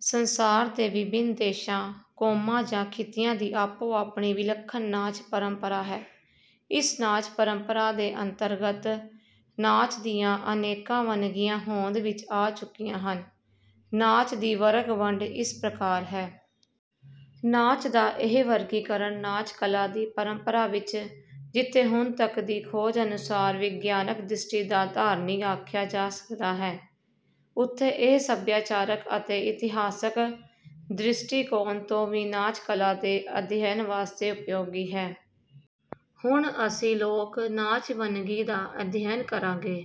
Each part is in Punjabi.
ਸੰਸਾਰ ਦੇ ਵਿਭਿੰਨ ਦੇਸ਼ਾਂ, ਕੌਮਾਂ ਜਾਂ ਖਿੱਤਿਆਂ ਦੀ ਆਪੋ-ਆਪਣੀ ਵਿਲੱਖਣ ਨਾਚ ਪਰੰਪਰਾ ਹੈ। ਇਸ ਨਾਚ ਪਰੰਪਰਾ ਦੇ ਅੰਤਰਗਤ ਨਾਚ ਦੀਆਂ ਅਨੇਕਾਂ ਵੰਨਗੀਆਂ ਹੋਂਦ ਵਿੱਚ ਆ ਚੁੱਕੀਆਂ ਹਨ। ਨਾਚ ਦੀ ਵਰਗ-ਵੰਡ ਇਸ ਪ੍ਰਕਾਰ ਹੈ। ਨਾਚ ਦਾ ਇਹ ਵਰਗੀਕਰਨ ਨਾਚ ਕਲਾ ਦੀ ਪਰੰਪਰਾ ਵਿੱਚ ਜਿੱਥੇ ਹੁਣ ਤੱਕ ਦੀ ਖੋਜ ਅਨੁਸਾਰ ਵਿਗਿਆਨਕ ਦ੍ਰਿਸ਼ਟੀ ਦਾ ਧਾਰਨੀ ਆਖਿਆ ਜਾ ਸਕਦਾ ਹੈ, ਉੱਥੇ ਇਹ ਸਭਿਆਚਾਰਕ ਅਤੇ ਇਤਿਹਾਸਕ ਦ੍ਰਿਸ਼ਟੀਕੋਣ ਤੋਂ ਵੀ ਨਾਚ ਕਲਾ ਦੇ ਅਧਿਐਨ ਵਾਸਤੇ ਉਪਯੋਗੀ ਹੈ। ਹੁਣ ਅਸੀਂ ਲੋਕ ਨਾਚ ਵੰਨਗੀ ਦਾ ਅਧਿਐਨ ਕਰਾਂਗੇ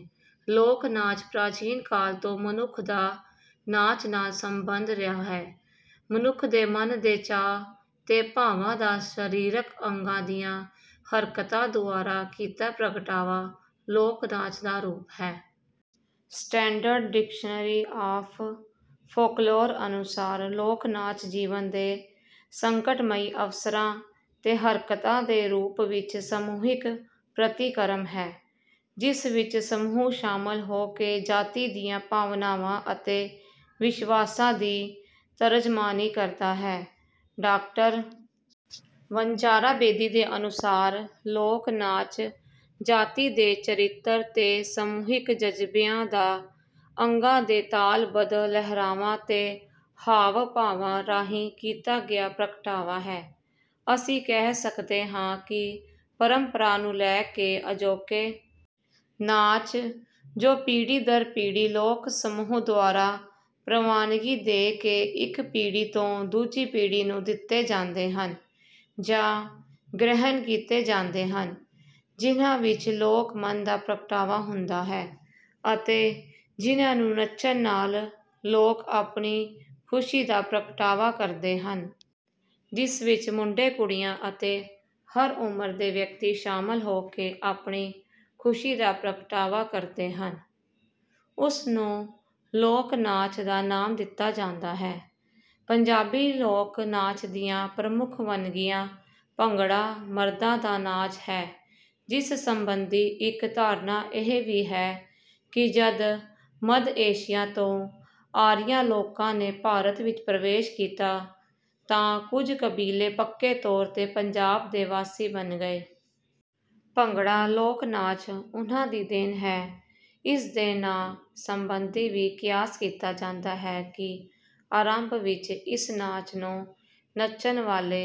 ਲੋਕ ਨਾਚ ਪ੍ਰਾਚੀਨ ਕਾਲ ਤੋਂ ਮਨੁੱਖ ਦਾ ਨਾਚ ਨਾਲ ਸੰਬੰਧ ਰਿਹਾ ਹੈ। ਮਨੁੱਖ ਦੇ ਮਨ ਦੇ ਚਾਅ ਤੇ ਭਾਵਾਂ ਦਾ ਸਰੀਰਕ ਅੰਗਾਂ ਦੀਆਂ ਹਰਕਤਾਂ ਦੁਆਰਾ ਕੀਤਾ ਪ੍ਰਗਟਾਵਾ ਲੋਕ ਨਾਚ ਦਾ ਰੂਪ ਹੈ। ਸਟੈਂਡਰਡ ਡਿਕਸ਼ਨਰੀ ਆਫ਼ ਫੋਕਲੋਰ ਅਨੁਸਾਰ, ਲੋਕ ਨਾਚ ਜੀਵਨ ਦੇ ਸੰਕਟਮਈ ਅਵਸਰਾਂ ’ਤੇ ਹਰਕਤਾਂ ਦੇ ਰੂਪ ਵਿੱਚ ਸਮੂਹਿਕ ਪ੍ਰਤੀਕਰਮ ਹੈ, ਜਿਸ ਵਿੱਚ ਸਮੂਹ ਸ਼ਾਮਲ ਹੋ ਕੇ ਜਾਤੀ ਦੀਆਂ ਭਾਵਨਾਵਾਂ ਅਤੇ ਵਿਸ਼ਵਾਸਾਂ ਦੀ ਤਰਜਮਾਨੀ ਕਰਦਾ ਹੈ। ਡਾਕਟਰ ਵਣਜਾਰਾ ਬੇਦੀ ਦੇ ਅਨੁਸਾਰ, “ਲੋਕ ਨਾਚ ਜਾਤੀ ਦੇ ਚਰਿੱਤਰ ਤੇ ਸਮੂਹਿਕ ਜਜ਼ਬਿਆਂ ਦਾ ਅੰਗਾਂ ਦੇ ਤਾਲਬੱਧ ਲਹਿਰਾਵਾਂ ਤੇ ਹਾਵ-ਭਾਵਾਂ ਰਾਹੀਂ ਕੀਤਾ ਗਿਆ ਪ੍ਰਗਟਾਵਾ ਹੈ।”ਅਸੀਂ ਕਹਿ ਸਕਦੇ ਹਾਂ ਕਿ ਪਰੰਪਰਾ ਨੂੰ ਲੈ ਕੇ ਅਜੋਕੇ ਨਾਚ, ਜੋ ਪੀੜ੍ਹੀ ਦਰ ਪੀੜ੍ਹੀ ਲੋਕ-ਸਮੂਹ ਦੁਆਰਾ ਪ੍ਰਵਾਨਗੀ ਦੇ ਕੇ ਇੱਕ ਪੀੜ੍ਹੀ ਤੋਂ ਦੂਜੀ ਪੀੜ੍ਹੀ ਨੂੰ ਦਿੱਤੇ ਜਾਂਦੇ ਹਨ ਜਾਂ ਗ੍ਰਹਿਣ ਕੀਤੇ ਜਾਂਦੇ ਹਨ, ਜਿਨ੍ਹਾਂ ਵਿੱਚ ਲੋਕ-ਮਨ ਦਾ ਪ੍ਰਗਟਾਵਾ ਹੁੰਦਾ ਹੈ ਅਤੇ ਜਿਨ੍ਹਾਂ ਨੂੰ ਨੱਚਣ ਨਾਲ ਲੋਕ ਆਪਣੀ ਖੁਸ਼ੀ ਦਾ ਪ੍ਰਗਟਾਵਾ ਕਰਦੇ ਹਨ। ਜਿਸ ਵਿੱਚ ਮੁੰਡੇ, ਕੁੜੀਆਂ ਅਤੇ ਹਰ ਉਮਰ ਦੇ ਵਿਅਕਤੀ ਸ਼ਾਮਲ ਹੋ ਕੇ ਆਪਣੀ ਖੁਸ਼ੀ ਦਾ ਪ੍ਰਗਟਾਵਾ ਕਰਦੇ ਹਨ, ਉਸ ਨੂੰ ਲੋਕ ਨਾਚ ਦਾ ਨਾਮ ਦਿੱਤਾ ਜਾਂਦਾ ਹੈ। ਪੰਜਾਬੀ ਲੋਕ ਨਾਚ ਦੀਆਂ ਪ੍ਰਮੁੱਖ ਵੰਨਗੀਆਂ ਭੰਗੜਾ ਮਰਦਾਂ ਦਾ ਨਾਚ ਹੈ, ਜਿਸ ਸੰਬੰਧੀ ਇੱਕ ਧਾਰਨਾ ਇਹ ਵੀ ਹੈ ਕਿ ਜਦ ਮੱਧ ਏਸ਼ੀਆ ਤੋਂ ਆਰੀਆ ਲੋਕਾਂ ਨੇ ਭਾਰਤ ਵਿੱਚ ਪ੍ਰਵੇਸ਼ ਕੀਤਾ ਤਾਂ ਕੁਝ ਕਬੀਲੇ ਪੱਕੇ ਤੌਰ ’ਤੇ ਪੰਜਾਬ ਦੇ ਵਾਸੀ ਬਣ ਗਏ। ‘ਭੰਗੜਾ’ ਲੋਕ ਨਾਚ ਉਨ੍ਹਾਂ ਦੀ ਦੇਣ ਹੈ। ਇਸ ਦੇ ਨਾਂ ਸੰਬੰਧੀ ਵੀ ਕਿਆਸ ਕੀਤਾ ਜਾਂਦਾ ਹੈ ਕਿ ਆਰੰਭ ਵਿੱਚ ਇਸ ਨਾਚ ਨੂੰ ਨੱਚਣ ਵਾਲੇ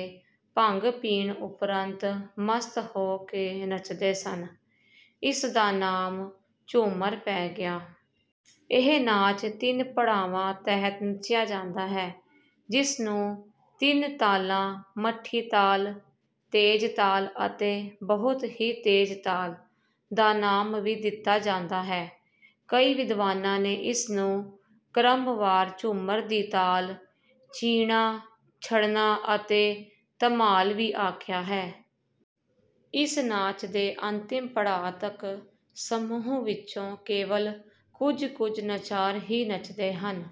ਭੰਗ ਪੀਣ ਉਪਰੰਤ ਮਸਤ ਹੋ ਕੇ ਨੱਚਦੇ ਸਨ। ਇਸ ਦਾ ਨਾਮ ਝੂੰਮਰ ਪੈ ਗਿਆ। ਇਹ ਨਾਚ ਤਿੰਨ ਪੜਾਵਾਂ ਤਹਿਤ ਨੱਚਿਆ ਜਾਂਦਾ ਹੈ, ਜਿਸ ਨੂੰ ਤਿੰਨ ਤਾਲਾਂ ਮੱਠੀ ਤਾਲ, ਤੇਜ਼ ਤਾਲ ਅਤੇ ਬਹੁਤ ਹੀ ਤੇਜ਼ ਤਾਲ ਦਾ ਨਾਮ ਵੀ ਦਿੱਤਾ ਜਾਂਦਾ ਹੈ। ਕਈ ਵਿਦਵਾਨਾਂ ਨੇ ਇਸ ਨੂੰ ਕ੍ਰਮਵਾਰ ਝੂੰਮਰ ਦੀ ਤਾਲ, ਚੀਣਾ ਛੜਨਾ ਅਤੇ ਧਮਾਲ ਵੀ ਆਖਿਆ ਹੈ। ਇਸ ਨਾਚ ਦੇ ਅੰਤਿਮ ਪੜਾਅ ਤੱਕ ਸਮੂਹ ਵਿੱਚੋਂ ਕੇਵਲ ਕੁਝ-ਕੁਝ ਨਚਾਰ ਹੀ ਨੱਚਦੇ ਹਨ।